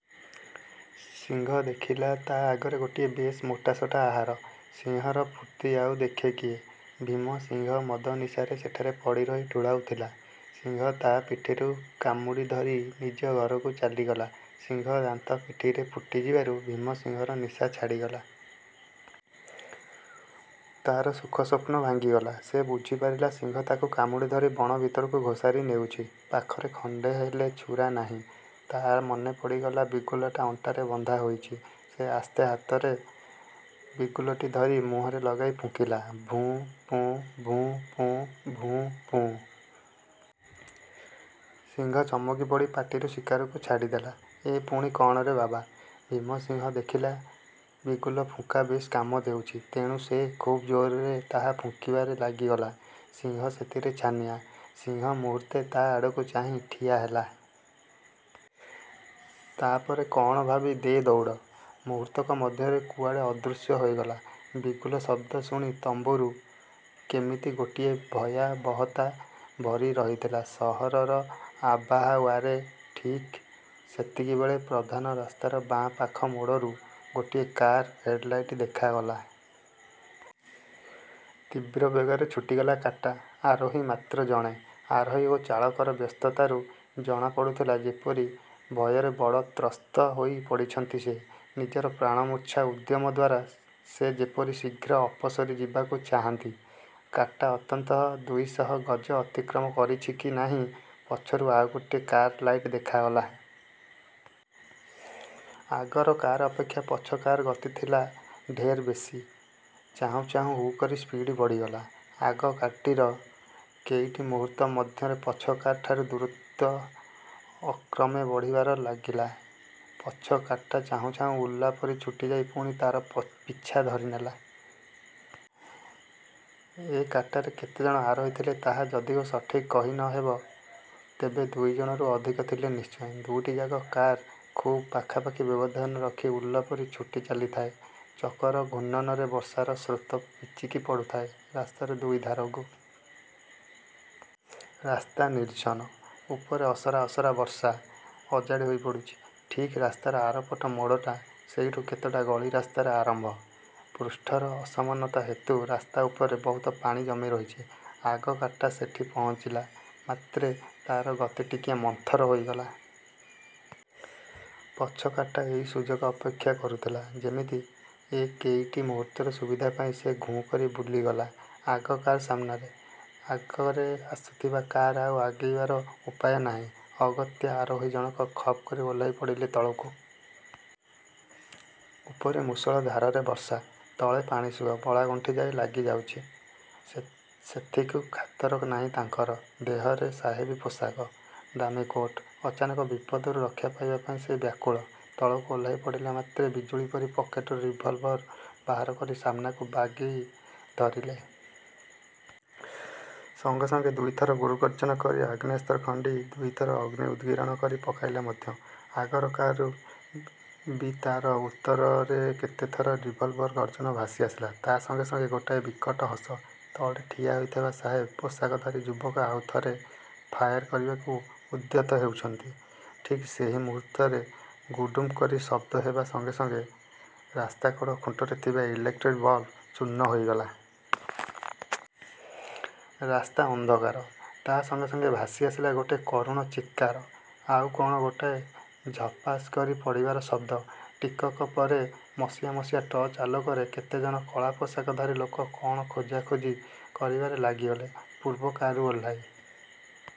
ସିଂହ ଦେଖିଲା, ତା' ଆଗରେ ଗୋଟିଏ ବେଶ୍ ମୋଟାସୋଟା ଆହାର। ସିଂହର ଫୁର୍ତ୍ତି ଆଉ ଦେଖେ କିଏ? ଭୀମ ସିଂହ ମଦନିଶାରେ ସେଠାରେ ପଡ଼ି ରହି ଢୁଳାଉଥିଲା। ସିଂହ ତା' ପିଠିରୁ କାମୁଡ଼ି ଧରି ନିଜ ଘରକୁ ଚାଲିଗଲା। ସିଂହ ଦାନ୍ତ ପିଠିରେ ଫୁଟିଯିବାକୁ ଭୀମସିଂହର ନିଶା ଛାଡ଼ିଗଲା। ତା'ର ସୁଖ ସ୍ୱପ୍ନ ଭାଙ୍ଗିଗଲା। ସେ ବୁଝିପାରିଲା, ସିଂହ ତାକୁ କାମୁଡ଼ି ଧରି ବଣ ଭିତରକୁ ଘୋଷାରି ନେଉଛି। ପାଖରେ ଖଣ୍ଡେ ହେଲେ ଛୁରା ନାହିଁ। ତା' ମନେ ପଡ଼ିଗଲା, ବିଗୁଲାଟା ଅଣ୍ଟାରେ ବନ୍ଧା ହୋଇଛି। ସେ ଆସ୍ତେ ହାତରେ ବିଗୁଲଟି ଧରି ମୁହଁରେ ଲଗାଇ ଫୁଙ୍କିଲା-ଭୁଁ ପୁଁ, ଭୁଁ ପୁଁ, ଭୁଁ ପୁଁ। ସିଂହ ଚମକିପଡ଼ି ପାଟିରୁ ଶିକାରକୁ ଛାଡ଼ିଦେଲା। ଏ ପୁଣି କଅଣରେ ବାବା! ଭୀମସିଂହ ଦେଖିଲା, ବିଗୁଲ ଫୁଙ୍କା ବେଶ୍ କାମ ଦେଉଚି। ତେଣୁ ସେ ଖୁବ୍ ଜୋରରେ ତାହା ଫୁଙ୍କିବାରେ ଲାଗିଗଲା। ସିଂହ ସେଥିରେ ଛାନିଆ। ସିଂହ ମୁହୂର୍ତ୍ତେ ତା' ଆଡ଼କୁ ଚାହିଁ ଠିଆ ହେଲା। ତା'ପରେ କଅଣ ଭାବି-ଦେ ଦଉଡ଼। ମୁହୂର୍ତ୍ତକ ମଧ୍ୟରେ କୁଆଡ଼େ ଅଦୃଶ୍ୟ ହୋଇଗଲା। ବିଗୁଲ ଶବ୍ଦ ଶୁଣି ତମ୍ବୁରୁ। କିମିତି ଗୋଟିଏ ଭୟାବହତା ଭରି ରହିଥିଲା ସହରର ଆବାହାଓ୍ୟାରେ। ଠିକ୍ ଏତିକି ବେଳେ ପ୍ରଧାନ ରାସ୍ତାର ବାଁ ପାଖ ମୋଡ଼ରୁ ଗୋଟିଏ କାର୍ର ହେଡ଼୍ ଲାଇଟ୍ ଦେଖାଗଲା। ତୀବ୍ର ବେଗରେ ଛୁଟିଥିଲା କାର୍ଟା। ଆରୋହୀ ମାତ୍ର ଜଣେ। ଆରୋହୀ ଓ ଚାଳକର ବ୍ୟସ୍ତତାରୁ ଜଣା ପଡ଼ୁଥିଲା, ଯେପରି ଭୟରେ ବଡ଼ ତ୍ରସ୍ତ ହୋଇ ପଡ଼ିଛନ୍ତି ସେ। ନିଜର ପ୍ରାଣ ମୂର୍ଚ୍ଛା ଉଦ୍ୟମ ଦ୍ୱାରା ସେ ଯେପରି ଶୀଘ୍ର ଅପସରି ଯିବାକୁ ଚାହାନ୍ତି। କାର୍ଟା ଅନ୍ତତଃ ଦୁଇଶହ ଗଜ ଅତିକ୍ରମ କରିଛି କି ନାହିଁ, ପଛରୁ ଆଉ ଗୋଟିଏ କାର୍ର ଲାଇଟ୍ ଦେଖାଗଲା। ଆଗର କାର୍ ଅପେକ୍ଷା ପଛ କାର୍ର ଗତି ଥିଲା ଢେର ବେଶୀ। ଚାହୁଁ ଚାହୁଁ ହୁ'କରି ସ୍ପିଡ଼୍ ବଢ଼ିଗଲା ଆଗ କାର୍ଟିର। କେଇଟି ମୁହୂର୍ତ୍ତ ମଧ୍ୟରେ ପଛ କାର୍ ଠାରୁ ଦୂରତ୍ୱ କ୍ରମେ ବଢ଼ିବାରେ ଲାଗିଲା। ପଛ କାର୍ଟା ଚାହୁଁ ଚାହୁଁ ଉଲ୍କା ପରି ଛୁଟି ଯାଇ ପୁଣି ତା'ର ପିଛା ଧରିନେଲା। ଏ କାର୍ଟାରେ କେତେ ଜଣ ଆରୋହୀ ଥିଲେ ତାହା ଯଦିଓ ସଠିକ୍ କହି ନହେବ, ତେବେ ଦୁଇଜଣରୁ ଅଧିକ ଥିଲେ ନିଶ୍ଚୟ। ଦୁଇଟି ଯାକ କାର୍ ଖୁବ୍ ପାଖାପାଖି ବ୍ୟବଧାନ ରଖି ଉଲ୍କା ପରି ଛୁଟି ଚାଲିଥାଏ। ଚକର ଘୂର୍ଣ୍ଣନରେ ବର୍ଷାର ସ୍ରୋତ ପିଚିକି ପଡ଼ୁଥାଏ ରାସ୍ତାର ଦୁଇ ଧାରକୁ। ରାସ୍ତା ନିର୍ଜନ; ଉପରେ ଅସରା ଅସରା ବର୍ଷା ଅଜାଡ଼ି ହୋଇ ପଡ଼ୁଛି। ଠିକ୍ ରାସ୍ତାର ଆରପଟ ମୋଡ଼ଟା। ସେଇଠୁ କେତେଟା ଗଳି ରାସ୍ତାର ଆରମ୍ଭ। ପୃଷ୍ଠର ଅସମାନତା ହେତୁ ରାସ୍ତା ଉପରେ ବହୁତ ପାଣି ଜମି ରହିଛି। ଆଗ କାର୍ଟା ସେଇଠି ପହଞ୍ଚିଲା ମାତ୍ରେ ତା'ର ଗତି ଟିକିଏ ମନ୍ଥର ହୋଇଗଲା। ପଛ କାର୍ଟା ଏହି ସୁଯୋଗ ଅପେକ୍ଷା କରୁଥିଲା ଯେମିତି। ଏଇ କେଇଟି ମୁହୂର୍ତ୍ତର ସୁବିଧା ପାଇ ସେ ଘୁଁ କରି ବୁଲିଗଲା ଆଗ କାର୍ର ସାମ୍ନାରେ। ଆଗରେ ଆସୁଥିବା କାର୍ର ଆଉ ଆଗେଇବାର ଉପାୟ ନାହିଁ। ଅଗତ୍ୟା ଆରୋହୀ ଜଣଙ୍କ ଖପ୍ କରି ଓହ୍ଲାଇ ପଡ଼ିଲେ ତଳକୁ। ଉପରେ ମୂଷଳ ଧାରାରେ ବର୍ଷା, ତଳେ ପାଣିସୁଅ ବଳାଗଣ୍ଠି ଯାଏ ଲାଗି ଯାଉଛି, ସେଥିକୁ ଖାତର ନାହିଁ ତାଙ୍କର। ଦେହରେ ସାହେବୀ ପୋଷାକ, ଦାମୀକୋଟ୍। ଅଚାନକ ବିପଦରୁ ରକ୍ଷା ପାଇବା ପାଇଁ ସେ ବ୍ୟାକୁଳ। ତଳକୁ ଓହ୍ଳାଇ ପଡ଼ିଲା ମାତ୍ରେ ବିଜୁଳି ପରି ପକେଟରୁ ରିଭଲଭର୍ ବାହାର କରି ସାମ୍ନାକୁ ବାଗେଇ ଧରିଲେ। ସଙ୍ଗେ ସଙ୍ଗେ ଦୁଇଥର ଗୁରୁଗର୍ଜନ କରି ଆଗ୍ନେୟାସ୍ତ୍ର ଖଣ୍ଡି ଦୁଇଥର ଅଗ୍ନି ଉଦ୍ଗିରଣ କରି ପକାଇଲା ମଧ୍ୟ। ଆଗର କାର୍ରୁ ବି ତା'ର ଉତ୍ତରରେ କେତେଥର ରିଭଲଭର୍ର ଗର୍ଜନ ଭାସି ଆସିଲା। ତା' ସଙ୍ଗେ ସଙ୍ଗେ ଗୋଟାଏ ବିକଟ ହସ। ତଳେ ଠିଆ ହୋଇଥିବା ସାହେବ ପୋଷାକଧାରୀ ଯୁବକ ଆଉ ଥରେ ଫାୟାର କରିବାକୁ ଉଦ୍ୟତ ହେଉଛନ୍ତି-ଠିକ୍ ସେଇ ମୁହୂର୍ତ୍ତରେ 'ଗୁଡ଼ୁମ୍' କରି ଶବ୍ଦ ହେବା ସଙ୍ଗେ ସଙ୍ଗେ ରାସ୍ତାକଡ଼ ଖୁଣ୍ଟରେ ଥିବା ଇଲେକ୍ଟ୍ରିକ୍ ବଲ୍ବ ଚୂର୍ଣ୍ଣ ହେଲା। ରାସ୍ତା ଅନ୍ଧକାର। ତା' ସଙ୍ଗେ ସଙ୍ଗେ ଭାସି ଆସିଲା ଗୋଟାଏ କରୁଣ ଚିତ୍କାର, ଆଉ କ'ଣ ଗୋଟାଏ ଝପାସ୍ କରି ପଡ଼ିବାର ଶବ୍ଦ। ଟିକକ ପରେ ମସିଆ ମସିଆ ଟର୍ଚ୍ଚ ଆଲୋକରେ କେତେଜଣ କଳା ପୋଷାକଧାରୀ ଲୋକ କ'ଣ ଖୋଜାଖୋଜି କରିବାରେ ଲାଗିଗଲେ ପୂର୍ବ କାର୍ରୁ ଓହ୍ଲାଇ।